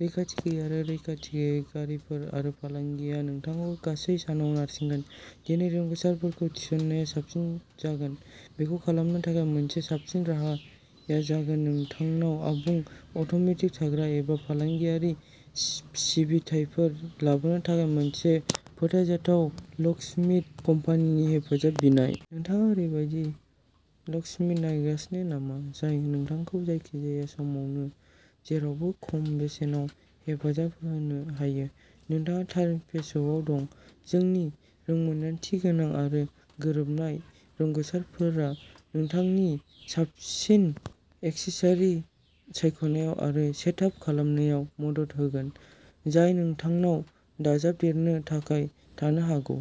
रैखाथि गैयै आरो रैखाथि गैयै गारिफोर आरो फालांगिया नोंथांखौ गासै सानाव नारसिनगोन, दिनै रोंग'सारफोरखौ थिसननाया साबसिन जागोन। बेखौ खालामनो थाखाय मोनसे साबसिन राहाया जागोन नोंथांनाव आबुं अट'म'टिभ, थाग्रा एबा फालांगियारि सिबिथाइफोर लाबोनो थाखाय मोनसे फोथायजाथाव लकस्मिथ कम्पानिनि हेफाजाब बिनाय। नोंथाङा ओरैबायदि लकस्मिथ नागिरगासिनो नामा जाय नोंथांखौ जायखिजाया समावनो, जेरावबो खम बेसेनाव हेफाजाब होनो हायो? नोंथाङा थार पेजआव दं। जोंनि रोंमोनदांथिगोनां आरो गोरोबनाय रोंग'सारफोरा नोंथांनो साबसिन एक्सेसरी सायख'नायाव आरो सेट आप खालामनायाव मदद होगोन, जाय नोंथांनाव दाजाबदेरनो थाखाय थानो हागौ।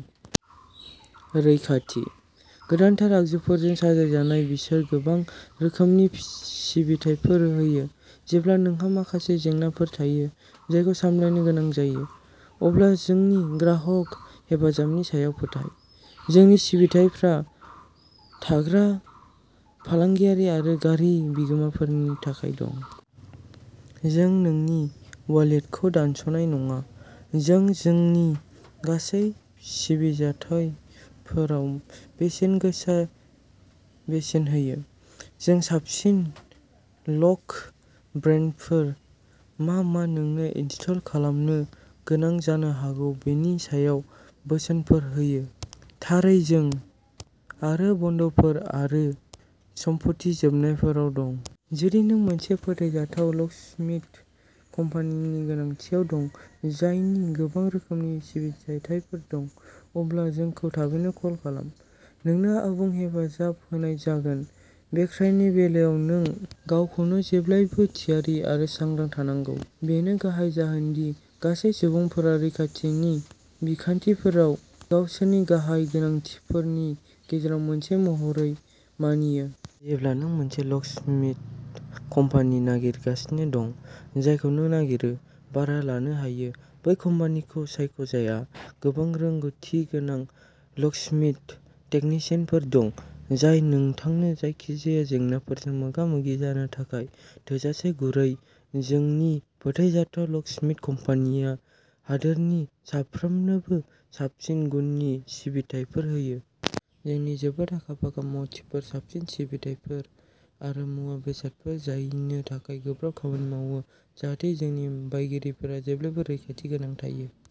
रैखाथि। गोदानथार आगजुफोरजों साजायजानाय, बिसोर गोबां रोखोमनि सिबिथाइफोर होयो। जेब्ला नोंहा माखासे जेंनाफोर थायो, जायखौ सामलायनो गोनां जायो, अब्ला जोंनि ग्राहक हेफाजाबनि सायाव फोथाय। जोंनि सिबिथाइफोरा थाग्रा, फालांगियारि आरो गारि बिगोमाफोरनि थाखाय दं। जों नोंनि वालेटखौ दानस'नाय नङा। जों जोंनि गासिबो सिबिथाइफोराव बेसेनगोसा बेसेन होयो। जों साबसिन लक ब्रान्डफोर मा मा नोंनो इनस्टल खालामनो गोनां जानो हागौ बेनि सायाव बोसोनफोरबो होयो। थारैनो, जों / आरो बन्द'फोर आरो सप्तानि जोबनायफोरावबो दं। जुदि नों मोनसे फोथायजाथाव लकस्मिथ कम्पानिनि गोनांथियाव दं, जायनि गोबां रोखोमनि सिबिथाइफोर दं, अब्ला जोंखौ थाबैनो कल खालाम। नोंनो आबुं हेफाजाब होनाय जागोन। ब्रेकइननि बेलायाव, नों गावखौनो जेब्लाबो थियारि आरो सांग्रां थानांगौ। बेनो गाहाय जाहोन दि गासैबो सुबुंफोरा रैखाथि बिखान्थिफोरखौ गावसोरनि गाहाय गोनांथिफोरनि गेजेराव मोनसे महरै मानियो। जेब्ला नों मोनसे लकस्मिथ कम्पानि नागिरगासिनो दं, जायखौ नों नागिरो। भारा लानो हायो, बै कम्पानिखौ सायख'जायहा गोबां रोंग'थि गोनां लकस्मिथ टेकनिशियानफोर दं, जाय नोंथांनो जायखिजाया जेंनाजों मोगा-मोगि जानो थाखाय थोजासे गुरै। जोंनि फोथायजाथाव लकस्मिथ कम्पानिया हादोरनि साफ्रोमनोबो साबसिन गुननि सिबिथाइफोर होयो। जोंनि जोबोद आखा-फाखा मावथिफोरा साबसिन सिबिथाइफोर आरो मुवा-बेसादफोर जगायनो थाखाय गोब्राब खामानि मावो, जाहाथे जोंनि बायगिरिफोरा जेब्लाबो रैखाथि गोनां थायो।